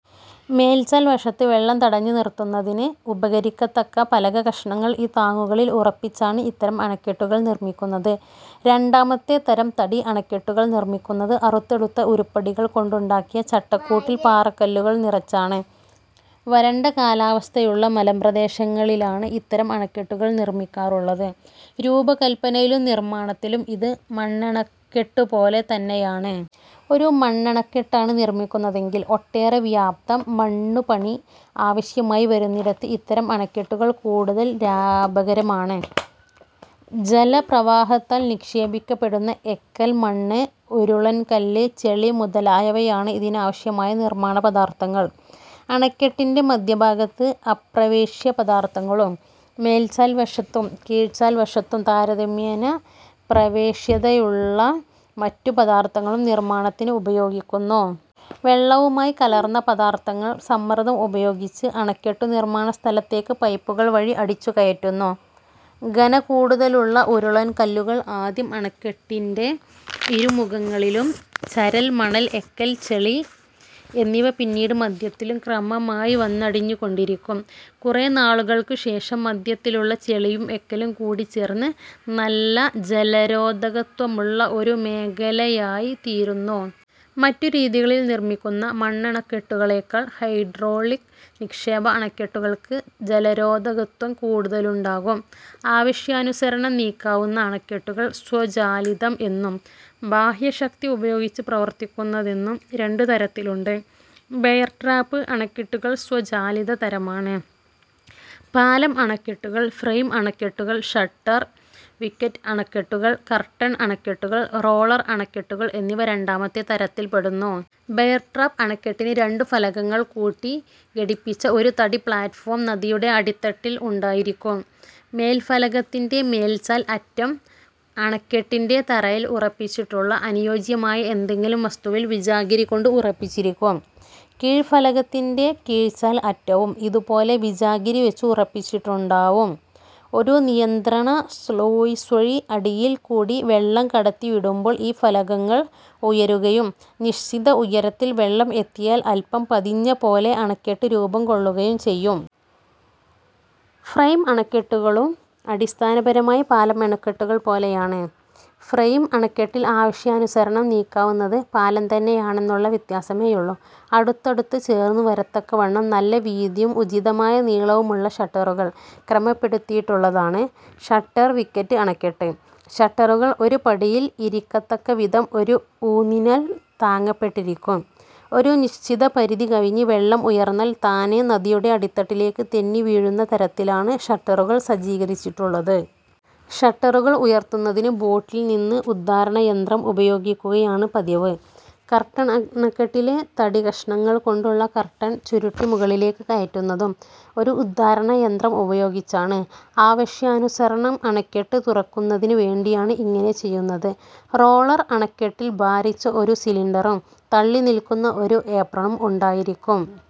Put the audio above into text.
മേൽചാൽ വശത്ത് വെള്ളം തടഞ്ഞു നിറുത്തുന്നതിന് ഉപകരിക്കത്തക്ക പലക കഷണങ്ങൾ ഈ താങ്ങുകളിൽ ഉറപ്പിച്ചാണ് ഇത്തരം അണക്കെട്ടുകൾ നിർമ്മിക്കുന്നത്. രണ്ടാമത്തെ തരം തടി അണക്കെട്ടുകൾ നിർമ്മിക്കുന്നത് അറുത്തെടുത്ത ഉരുപ്പടികൾ കൊണ്ടുണ്ടാക്കിയ ചട്ട കൂട്ടിൽ പാറക്കല്ലുകൾ നിറച്ചാണ്. വരണ്ട കാലാവസ്ഥയുള്ള മലമ്പ്രദേശങ്ങളിലാണ് ഇത്തരം അണക്കെട്ടുകൾ നിർമ്മിക്കാറുള്ളത്. രൂപകല്പനയിലും നിർമ്മാണത്തിലും ഇത് മണ്ണണക്കെട്ടുപോലെ തന്നെയാണ്. ഒരു മണ്ണണക്കെട്ടാണു നിർമ്മിക്കുന്നതെങ്കിൽ ഒട്ടേറെ വ്യാപ്തം മണ്ണുപണി ആവശ്യമായി വരുന്നിടത്ത് ഇത്തരം അണക്കെട്ടുകൾ കൂടുതൽ ലാഭകരമാണ്. ജല പ്രവാഹത്താൽ നിക്ഷേപിക്കപ്പെടുന്ന എക്കൽ, മണ്ണ്, ഉരുളൻകല്ല്, ചെളി മുതലായവയാണ് ഇതിനാവശ്യമായ നിർമ്മാണ പദാർഥങ്ങൾ. അണക്കെട്ടിന്റെ മദ്ധ്യഭാഗത്ത് അപ്രവേശ്യ പദാർഥങ്ങളും, മേൽചാൽ വശത്തും കീഴ്ചാൽ വശത്തും, താരതമ്യേന പ്രവേശ്യതയുള്ള മറ്റു പദാർഥങ്ങളും നിർമ്മാണത്തിന് ഉപയോഗിക്കുന്നു. വെള്ളവുമായി കലർന്ന പദാർഥങ്ങൾ സമ്മർദ്ദം ഉപയോഗിച്ച് അണക്കെട്ടു നിർമ്മാണ സ്ഥലത്തേക്കു പൈപ്പുകൾ വഴി അടിച്ചു കയറ്റുന്നു. ഘന കൂടുതലുള്ള ഉരുളൻ കല്ലുകൾ ആദ്യം അണക്കെട്ടിന്റെ ഇരുമുഖങ്ങളിലും, ചരൽ, മണൽ, എക്കൽ, ചെളി എന്നിവ പിന്നീട് മദ്ധ്യത്തിലും ക്രമമായി വന്നടിഞ്ഞു കൊണ്ടിരിക്കും. കുറെ നാളുകൾക്കു ശേഷം മദ്ധ്യത്തിലുള്ള ചെളിയും എക്കലും കൂടിച്ചേർന്ന് നല്ല ജലരോധകത്വമുള്ള ഒരു മേഖലയായി തീരുന്നു. മറ്റു രീതികളിൽ നിർമ്മിക്കുന്ന മണ്ണണക്കെട്ടുകളേക്കാൾ ഹൈഡ്രോളിക നിക്ഷേപ അണക്കെട്ടുകൾക്ക് ജലരോധകത്വം കൂടൂതലുണ്ടാകും. ആവശ്യാനുസരണം നീക്കാവുന്ന അണക്കെട്ടുകൾ സ്വചാലിതം എന്നും, ബാഹ്യശക്തി ഉപയോഗിച്ചു പ്രവർത്തിക്കുന്നതെന്നും രണ്ടു തരത്തിലുണ്ട്. ബെയർ-ട്രാപ്പ് അണക്കെട്ടുകൾ സ്വചാലിത തരമാണ്. 'പാലം-അണക്കെട്ടു'കൾ, ഫ്രെയിം അണക്കെട്ടുകൾ, ഷട്ടർ-വിക്കറ്റ് അണക്കെട്ടുകൾ, കർട്ടൻ അണക്കെട്ടുകൾ, റോളർ അണക്കെട്ടുകൾ എന്നിവ രണ്ടാമത്തെ തരത്തിൽ പെടുന്നു. ബെയർ-ട്രാപ്പ് അണക്കെട്ടിന് രണ്ടു ഫലകങ്ങൾ കൂട്ടി ഘടിപ്പിച്ച ഒരു തടി പ്ളാറ്റ്ഫോം നദിയുടെ അടിത്തട്ടിൽ ഉണ്ടായിരിക്കും. മേൽഫലകത്തിന്റെ മേൽചാൽ അറ്റം അണക്കെട്ടിന്റെ തറയിൽ ഉറപ്പിച്ചിട്ടുള്ള അനുയോജ്യമായ എന്തെങ്കിലും വസ്തുവിൽ വിജാഗിരി കൊണ്ട് ഉറപ്പിച്ചിരിക്കും. കീഴ്ഫലകത്തിന്റെ കീഴ്ചാൽ അറ്റവും ഇതുപോലെ വിജാഗിരി വച്ച് ഉറപ്പിച്ചിട്ടുണ്ടാവും. ഒരു നിയന്ത്രണ സ്ളൂയിസ്വഴി അടിയിൽ കൂടി വെള്ളം കടത്തി വിടുമ്പോൾ ഈ ഫലകങ്ങൾ ഉയരുകയും, നിശ്ചിത ഉയരത്തിൽ വെള്ളം എത്തിയാൽ അല്പം പതിഞ്ഞ '' പോലെ അണക്കെട്ട് രൂപം കൊള്ളുകയും ചെയ്യും. ഫ്രെയിം അണക്കെട്ടുകളും അടിസ്ഥാനപരമായി 'പാലം-അണക്കെട്ടു'കൾ പോലെയാണ്. ഫ്രെയിം അണക്കെട്ടിൽ ആവശ്യാനുസരണം നീക്കാവുന്നത് പാലം തന്നെയാണെന്നുള്ള വ്യത്യാസമേയുള്ളു. അടുത്തടുത്ത് ചേർന്നു വരത്തക്കവണ്ണം നല്ല വീതിയും ഉചിതമായ നീളവുമുള്ള ഷട്ടറുകൾ ക്രമപ്പെടുത്തിയിട്ടുള്ളതാണ് ഷട്ടർ-വിക്കറ്റ് അണക്കെട്ട്. ഷട്ടറുകൾ ഒരു പടിയിൽ ഇരിക്കത്തക്ക വിധം ഒരു ഊന്നിനാൽ താങ്ങപ്പെട്ടിരിക്കും. ഒരു നിശ്ചിത പരിധി കവിഞ്ഞ് വെള്ളം ഉയർന്നാൽ താനേ നദിയുടെ അടിത്തട്ടിലേക്ക് തെന്നി വീഴുന്ന തരത്തിലാണ് ഷട്ടറുകൾ സജ്ജീകരിച്ചിട്ടുള്ളത്. ഷട്ടറുകൾ ഉയർത്തുന്നതിന് ബോട്ടിൽ നിന്ന് ഉദ്ധാരണ യന്ത്രം ഉപയോഗിക്കുകയാണ് പതിവ്. 'കർട്ടൻ അണക്കെട്ടി'ലെ തടി കഷണങ്ങൾ കൊണ്ടുള്ള കർട്ടൻ ചുരുട്ടി മുകളിലേക്ക് കയറ്റുന്നതും ഒരു ഉദ്ധാരണ യന്ത്രം ഉപയോഗിച്ചാണ്. ആവശ്യാനുസരണം അണക്കെട്ട് തുറക്കുന്നതിനു വേണ്ടിയാണ് ഇങ്ങനെ ചെയ്യുന്നത്. റോളർ അണക്കെട്ടിൽ ഭാരിച്ച ഒരു സിലിണ്ടറും, തള്ളി നിൽക്കുന്ന ഒരു ഏപ്രണും ഉണ്ടായിരിക്കും.